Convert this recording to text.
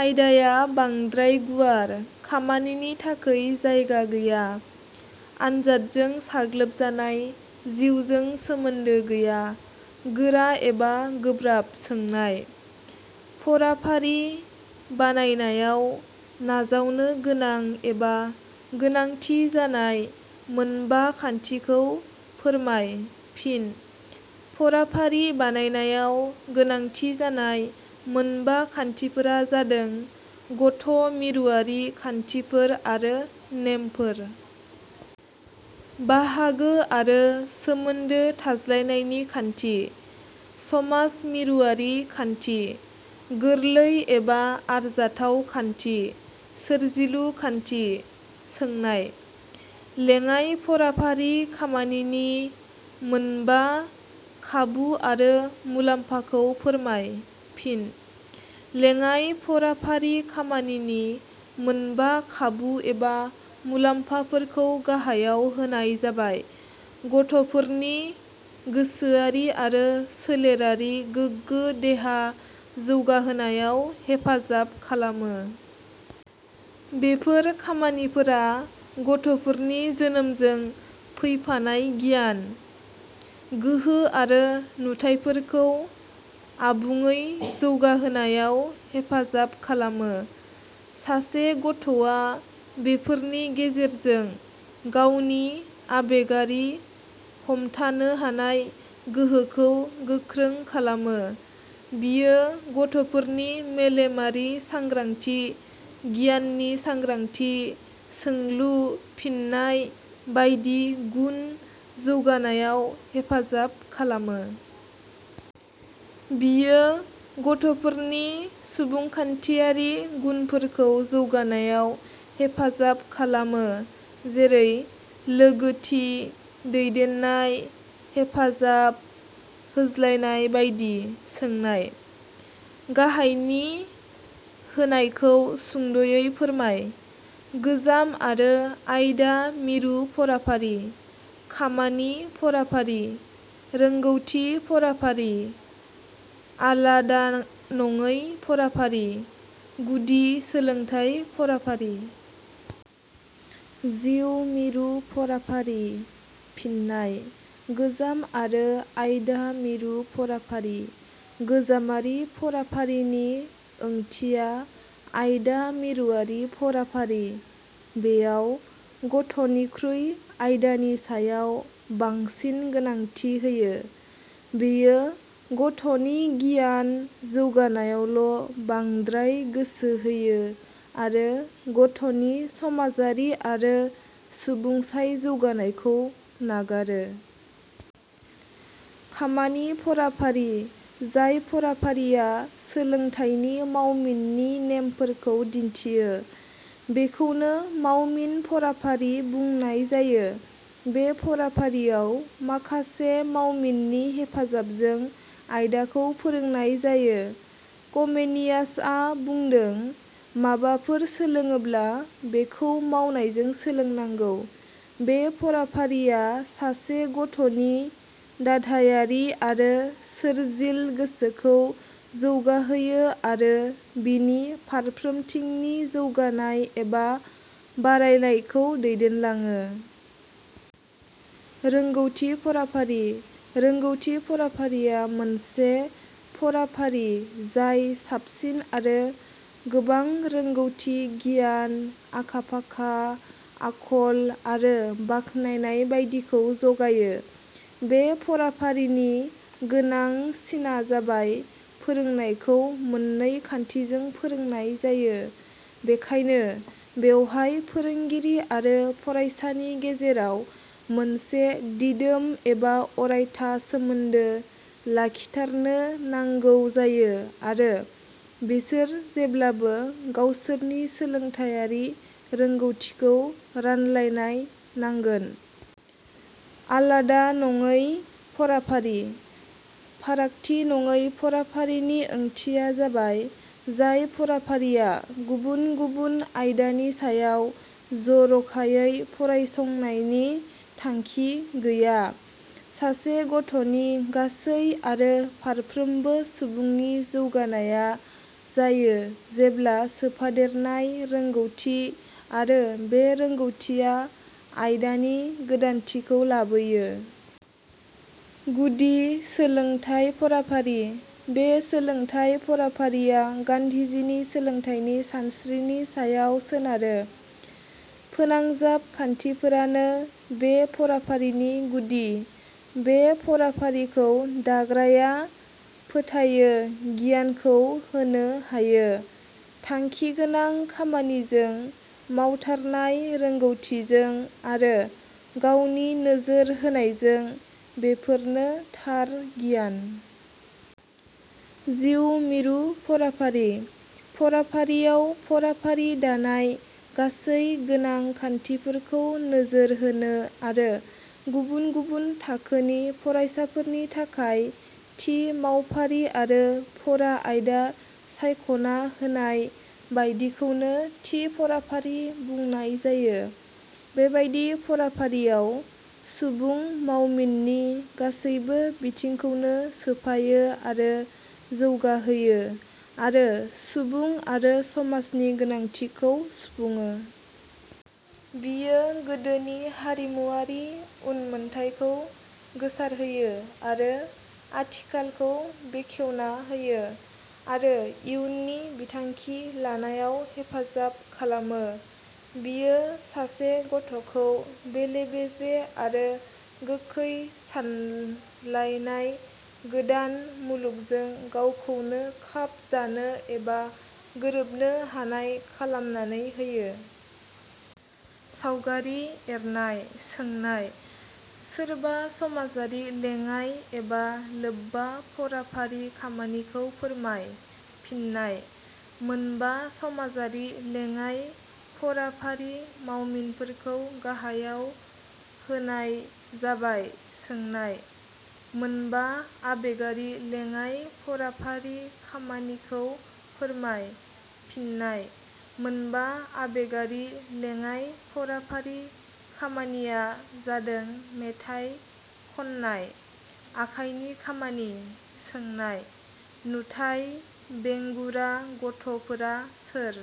आयदाया बांद्राय गुवार। खामानिनि थाखै जायगा गैया। आनजादजों साग्लोबजानाय। जिउजों सोमोन्दो गैया। गोरा एबा गोब्राब। सोंनाय –: फराफारि बानायनायाव नाजावनो गोनां एबा गोनांथि जानाय मोनबा खान्थिखौ फोरमाय। फिन्नाय: फराफारि बानायनायाव गोनांथि जानाय मोनबा खान्थिफोरा जादों- गथ' मिरुआरि खान्थिफोर एबा नेमफोर। बाहागो एबा सोमोन्दो थाज्लायनायनि खान्थि। समाज मिरुआरि खान्थि। गोरलै एबा आरजाथाव खान्थि। सोरजिलु खान्थि। सोंनाय-. लेङाइ फराफारि खामानिनि मोनबा खाबु एबा मुलाम्फाखौ फोरमाय। फिन्नाय: लेङाइ फराफारि खामानिनि मोनबा खाबु एबा मुलाम्फाफोरखौ गाहायाव होनाय जाबाय- गथ'फोरनि गोसोयारि आरो सोलेरारि गोगो देहा जौगाहोनायाव हेफाजाब खालामो। बेफोर खामानिफोरा गथ'फोरनि जोनोमजों फैफानाय गियान, गोहो आरो नुथायफोरखौ आबुङे जौगाहोनायाव हेफाजाब खालामो। सासे गथ' आ बेफोरनि गेजेरजों गावनि आबेगारि हमथानोहानाय गोहोखौ गोखों खालामो। बियो गथ'फोरनि मेलेमारि सांग्रांथि, गियाननि सांग्रांथि, सोंलु- फिननाय बायदि गुन जौगानायाव हेफाजाब खालामो। बियो गथ'फोरनि सुबुंखान्थियारि गुनफोरखौ जौगानायाव हेफाजाब खालामो जेरै- लोगोथि, दैदेननाय, हेफाजाब होज्लायनाय बायदि। सोंनाय-. गाहायनि होनायखौ सुंद 'यै फोरमाय – गोजाम आरो आयदा मिरु फराफारि। खामानि फराफारि। रोंगौथि फराफारि। आलादानङै फराफारि। गुदि सोलोंथाइ फराफारि। जिउ मिरु फराफारि। फिननाय: गोजाम आरो आयदा मिरु फराफारि: गोजामारि फराफारिनि ओंथिया आयदा मिरुवारि फराफारि। बेयाव गथ'निख्रुइ आयदानि सायाव बांसिन गोनांथि होयो। बेयो गथ 'नि गियान जौगानायावल' बांद्राय गोसो होयो आरो गथ'नि समाजारि आरो सुबुंसाय जौगानायखौ नागारो। खामानि फराफारि: जाय फराफारिया सोलोंथाइनि मावमिननि नेमफोरखौ दिन्थियो बेखौनो मावमिन फराफारि बुंनाय जायो। बे फराफारियाव, माखासे मावमिननि हेफाजाबजों आयदाखौ फोरोंनाय जायो। कमेनियास आ बुंदों- "माबाफोर सोलोडोब्ला बेखौ मावनायजों सोलोंनांगौ। " बे फराफारिया सासे गथ 'नि दाधायारि आरो सोरजिल गोसोखौ जौगाहोयो आरो बिनि फारफोमथिंनि जौगानाय एबा बारायनायखौ दैदेनलाङो। रोंगौथि फराफारि: रोंगौथि फराफारिया मोनसे फराफारि जाय साबसिन आरो गोबां रोंगौथि गियान, आखा फाखा, आखु आरो बाखनायनाय बायदिखौ ज 'गायो। बे फराफारिनि गोनां सिना जाबाय फोरोंनायखौ मोननै खान्थिजों फोरोंनाय जायो। बेखायनो बेयावहाय फोरोंगिरि आरो फरायसानि गेजेराव मोनसे दिदोम एबा अरायथा सोमोन्दो लाखिधारनो नांगौ जायो आरो बिसोर जेब्लाबो गावसोरनि सोलोंथाइयारि रोंगौथिखौ रानज्लाय नांगोन। आलादानङै फराफारि: फारागथि नङै फराफारिनि ओंथिया जाबाय – जाय फराफारिया गुबुन गुबुन आयदानि सायाव जर 'खायै फरायसंनायनि थांखि गया। सासे गथ'नि गासै आरो फारफ्रोमबो सुबुंथि जौगानाया जायो जेब्ला सोफादेरनाय रोंगौथि आरो बे रोंगौथिया आयदानि गोदानथिखौ लाबोयो। गुदि सोलोंथाइ फराफारि: बे सोलोंथाइ फराफारिया गान्धीजिनि सोलोंथाइनि सानस्रिनि सायाव सोनारो। फोनांजाब खान्थिफोरानो बे फराफारिनि गुदि। बे फराफारिखौ दाग्राया फोथायो गियानखौ होनो हायो, थांखिगोनां खामानिजों, मावथारनाय रोंगौथिजों आरो गावनि नोजोर होनायजों, बेफोरनो थार गियान। जिउ मिरु फराफारि: फराफारियाव फराफारि दानाय गासै गोनां खान्थिफोरखौ नोजोर होनो आरो गुबुन गुबुन थाखोनि फरायसाफोरनि थाखाय थि मावफारि आरो फरा आयदा सायख'ना होनाय बायदिखौनो थि फराफारि बुंनाय जायो। बेबादि फराफारिया सुबुं मावमिनि गासैबो बिथिंखौनो सोफायो आरो जौगाहोयो आरो सुबुं आरो समाजनि गोनांथिखौ सुफुङो। बेयो गोदोनि हारिमुवारि उनमोनथाइखौ गोसारहोयो आरो आथिखालखौ बेखेवनाहोयो आरो इउननि बिथांखि लानायाव हेफाजाब खालामो। बियो सासे ग 'थ 'खौ बेलेबेजे आरो गोखै सोलायनाय गोदान मुलुगजों गावखौनो खाब जानो एबा गोरोबनो हानाय खालामनानै होयो। सावगारि एरनाय। सोंनाय –. मोनबा समाजारि लेङाइ एबा लोबबा फराफारि खामानिखौ फोरमाय। फिन्नाय: मोनबा समाजारि लेङाइ फराफारि मावमिनफोरखौ गाहायाव होनाय जाबाय सोंनाय –. मोनबा आबेगारि लेङाइ फराफारि खामानिखौ फोरमाय। फिन्नाय: मोनबा आबेगारि लेङाइ फराफारि खामानिया जादों मेथाइ खन्नाय। आखाइनि खामानि। सोंनाय –. नुथाइ बेंगुरा गथ 'फोरा सोर?